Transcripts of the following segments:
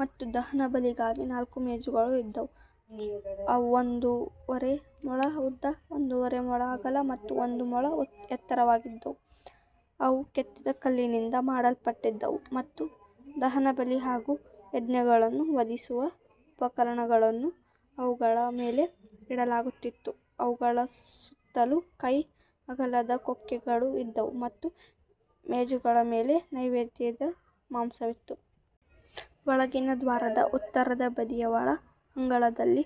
ಮತ್ತು ದಹನಬಲಿಗಾಗಿ ನಾಲ್ಕು ಮೇಜುಗಳು ಇದ್ದವು. ಅವು ಒಂದೂವರೆ ಮೊಳ ಉದ್ದ, ಒಂದೂವರೆ ಮೊಳ ಅಗಲ ಮತ್ತು ಒಂದು ಮೊಳ ಎತ್ತರವಾಗಿದ್ದವು. ಅವು ಕೆತ್ತಿದ ಕಲ್ಲಿನಿಂದ ಮಾಡಲ್ಪಟ್ಟಿದ್ದವು ಮತ್ತು ದಹನಬಲಿ ಹಾಗೂ ಯಜ್ಞಗಳನ್ನು ವಧಿಸುವ ಉಪಕರಣಗಳನ್ನು ಅವುಗಳ ಮೇಲೆ ಇಡಲಾಗುತ್ತಿತ್ತು. ಅವುಗಳ ಸುತ್ತಲೂ ಕೈ ಅಗಲದ ಕೊಕ್ಕೆಗಳು ಇದ್ದವು ಮತ್ತು ಮೇಜುಗಳ ಮೇಲೆ ನೈವೇದ್ಯದ ಮಾಂಸವಿತ್ತು. ಒಳಗಿನ ದ್ವಾರದ ಉತ್ತರದ ಬದಿಯ ಒಳ ಅಂಗಳದಲ್ಲಿ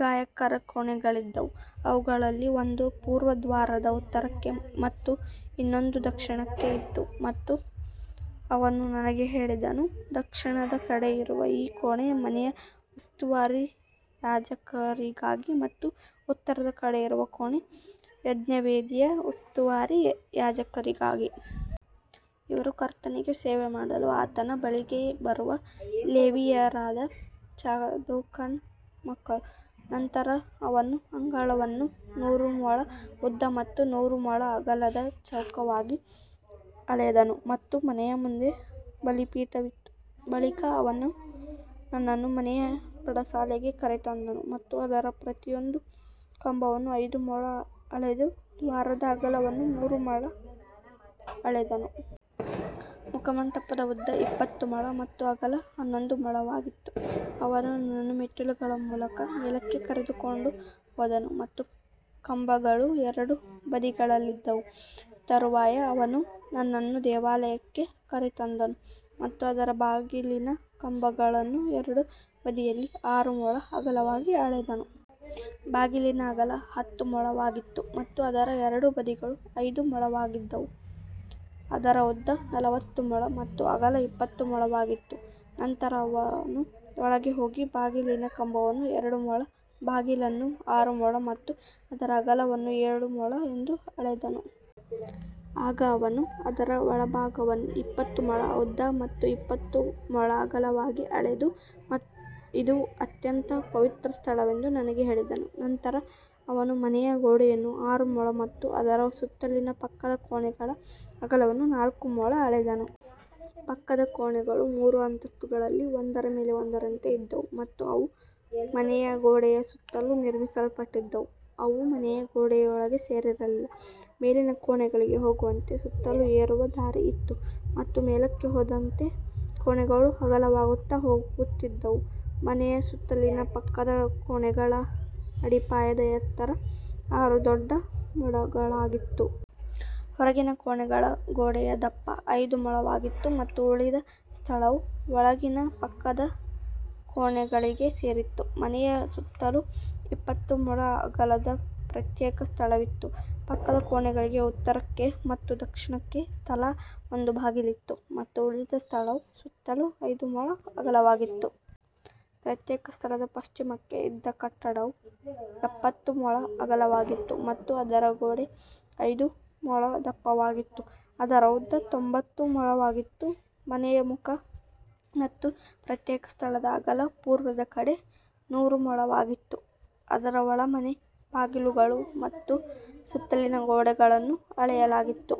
ಗಾಯಕರ ಕೋಣೆಗಳಿದ್ದವು. ಅವುಗಳಲ್ಲಿ ಒಂದು ಪೂರ್ವ ದ್ವಾರದ ಉತ್ತರಕ್ಕೆ ಮತ್ತು ಇನ್ನೊಂದು ದಕ್ಷಿಣಕ್ಕೆ ಇತ್ತು. ಮತ್ತು ಅವನು ನನಗೆ ಹೇಳಿದನು, ದಕ್ಷಿಣದ ಕಡೆ ಇರುವ ಈ ಕೋಣೆ ಮನೆಯ ಉಸ್ತುವಾರಿ ಯಾಜಕರಿಗಾಗಿ ಮತ್ತು ಉತ್ತರದ ಕಡೆ ಇರುವ ಕೋಣೆ ಯಜ್ಞವೇದಿಯ ಉಸ್ತುವಾರಿ ಯಾಜಕರಿಗಾಗಿ. ಇವರು ಕರ್ತನಿಗೆ ಸೇವೆ ಮಾಡಲು ಆತನ ಬಳಿಗೆ ಬರುವ ಲೇವಿಯರಾದ ಚಾದೋಕನ ಮಕ್ಕಳು. ನಂತರ ಅವನು ಅಂಗಳವನ್ನು ನೂರು ಮೊಳ ಉದ್ದ ಮತ್ತು ನೂರು ಮೊಳ ಅಗಲದ ಚೌಕವಾಗಿ ಅಳೆದನು ಮತ್ತು ಮನೆಯ ಮುಂದೆ ಬಲಿಪೀಠವಿತ್ತು. ಬಳಿಕ ಅವನು ನನ್ನನ್ನು ಮನೆಯ ಪಡಸಾಲೆಗೆ ಕರೆತಂದನು ಮತ್ತು ಅದರ ಪ್ರತಿಯೊಂದು ಕಂಬವನ್ನು ಐದು ಮೊಳ ಅಳೆದು ದ್ವಾರದ ಅಗಲವನ್ನು ಮೂರು ಮೊಳ ಅಳೆದನು. ಮುಖಮಂಟಪದ ಉದ್ದ ಇಪ್ಪತ್ತು ಮೊಳ ಮತ್ತು ಅಗಲ ಹನ್ನೊಂದು ಮೊಳವಾಗಿತ್ತು. ಅವನು ನನ್ನನ್ನು ಮೆಟ್ಟಿಲುಗಳ ಮೂಲಕ ಮೇಲಕ್ಕೆ ಕರೆದುಕೊಂಡು ಹೋದನು ಮತ್ತು ಕಂಬಗಳು ಎರಡೂ ಬದಿಗಳಲ್ಲಿದ್ದವು. ತರುವಾಯ ಅವನು ನನ್ನನ್ನು ದೇವಾಲಯಕ್ಕೆ ಕರೆತಂದನು ಮತ್ತು ಅದರ ಬಾಗಿಲಿನ ಕಂಬಗಳನ್ನು ಎರಡೂ ಬದಿಯಲ್ಲಿ ಆರು ಮೊಳ ಅಗಲವಾಗಿ ಅಳೆದನು. ಬಾಗಿಲಿನ ಅಗಲ ಹತ್ತು ಮೊಳವಾಗಿತ್ತು ಮತ್ತು ಅದರ ಎರಡೂ ಬದಿಗಳು ಐದು ಮೊಳವಾಗಿದ್ದವು. ಅದರ ಉದ್ದ ನಲವತ್ತು ಮೊಳ ಮತ್ತು ಅಗಲ ಇಪ್ಪತ್ತು ಮೊಳವಾಗಿತ್ತು. ನಂತರ ಅವನು ಒಳಗೆ ಹೋಗಿ ಬಾಗಿಲಿನ ಕಂಬವನ್ನು ಎರಡು ಮೊಳ, ಬಾಗಿಲನ್ನು ಆರು ಮೊಳ ಮತ್ತು ಅದರ ಅಗಲವನ್ನು ಏಳು ಮೊಳ ಎಂದು ಅಳೆದನು. ಆಗ ಅವನು ಅದರ ಒಳಭಾಗವನ್ನು ಇಪ್ಪತ್ತು ಮೊಳ ಉದ್ದ ಮತ್ತು ಇಪ್ಪತ್ತು ಮೊಳ ಅಗಲವಾಗಿ ಅಳೆದು, ಇದು ಅತ್ಯಂತ ಪವಿತ್ರ ಸ್ಥಳವೆಂದು ನನಗೆ ಹೇಳಿದನು. ನಂತರ ಅವನು ಮನೆಯ ಗೋಡೆಯನ್ನು ಆರು ಮೊಳ ಮತ್ತು ಅದರ ಸುತ್ತಲಿನ ಪಕ್ಕದ ಕೋಣೆಗಳ ಅಗಲವನ್ನು ನಾಲ್ಕು ಮೊಳ ಅಳೆದನು. ಪಕ್ಕದ ಕೋಣೆಗಳು ಮೂರು ಅಂತಸ್ತುಗಳಲ್ಲಿ ಒಂದರ ಮೇಲೆ ಒಂದರಂತೆ ಇದ್ದವು ಮತ್ತು ಅವು ಮನೆಯ ಗೋಡೆಯ ಸುತ್ತಲೂ ನಿರ್ಮಿಸಲ್ಪಟ್ಟಿದ್ದವು. ಅವು ಮನೆಯ ಗೋಡೆಯೊಳಗೆ ಸೇರಿರಲಿಲ್ಲ. ಮೇಲಿನ ಕೋಣೆಗಳಿಗೆ ಹೋಗುವಂತೆ ಸುತ್ತಲೂ ಏರುವ ದಾರಿ ಇತ್ತು ಮತ್ತು ಮೇಲಕ್ಕೆ ಹೋದಂತೆ ಕೋಣೆಗಳು ಅಗಲವಾಗುತ್ತಾ ಹೋಗುತ್ತಿದ್ದವು. ಮನೆಯ ಸುತ್ತಲಿನ ಪಕ್ಕದ ಕೋಣೆಗಳ ಅಡಿಪಾಯದ ಎತ್ತರ ಆರು ದೊಡ್ಡ ಮೊಳಗಳಾಗಿತ್ತು. ಹೊರಗಿನ ಕೋಣೆಗಳ ಗೋಡೆಯ ದಪ್ಪ ಐದು ಮೊಳವಾಗಿತ್ತು ಮತ್ತು ಉಳಿದ ಸ್ಥಳವು ಒಳಗಿನ ಪಕ್ಕದ ಕೋಣೆಗಳಿಗೆ ಸೇರಿತ್ತು. ಮನೆಯ ಸುತ್ತಲೂ ಇಪ್ಪತ್ತು ಮೊಳ ಅಗಲದ ಪ್ರತ್ಯೇಕ ಸ್ಥಳವಿತ್ತು. ಪಕ್ಕದ ಕೋಣೆಗಳಿಗೆ ಉತ್ತರಕ್ಕೆ ಮತ್ತು ದಕ್ಷಿಣಕ್ಕೆ ತಲಾ ಒಂದು ಬಾಗಿಲಿತ್ತು ಮತ್ತು ಉಳಿದ ಸ್ಥಳವು ಸುತ್ತಲೂ ಐದು ಮೊಳ ಅಗಲವಾಗಿತ್ತು. ಪ್ರತ್ಯೇಕ ಸ್ಥಳದ ಪಶ್ಚಿಮಕ್ಕೆ ಇದ್ದ ಕಟ್ಟಡವು ಎಪ್ಪತ್ತು ಮೊಳ ಅಗಲವಾಗಿತ್ತು ಮತ್ತು ಅದರ ಗೋಡೆ ಐದು ಮೊಳ ದಪ್ಪವಾಗಿತ್ತು. ಅದರ ಉದ್ದ ತೊಂಬತ್ತು ಮೊಳವಾಗಿತ್ತು. ಮನೆಯ ಮುಖ ಮತ್ತು ಪ್ರತ್ಯೇಕ ಸ್ಥಳದ ಅಗಲ ಪೂರ್ವದ ಕಡೆ ನೂರು ಮೊಳವಾಗಿತ್ತು. ಅದರ ಒಳಮನೆ, ಬಾಗಿಲುಗಳು ಮತ್ತು ಸುತ್ತಲಿನ ಗೋಡೆಗಳನ್ನೂ ಅಳೆಯಲಾಯಿತು.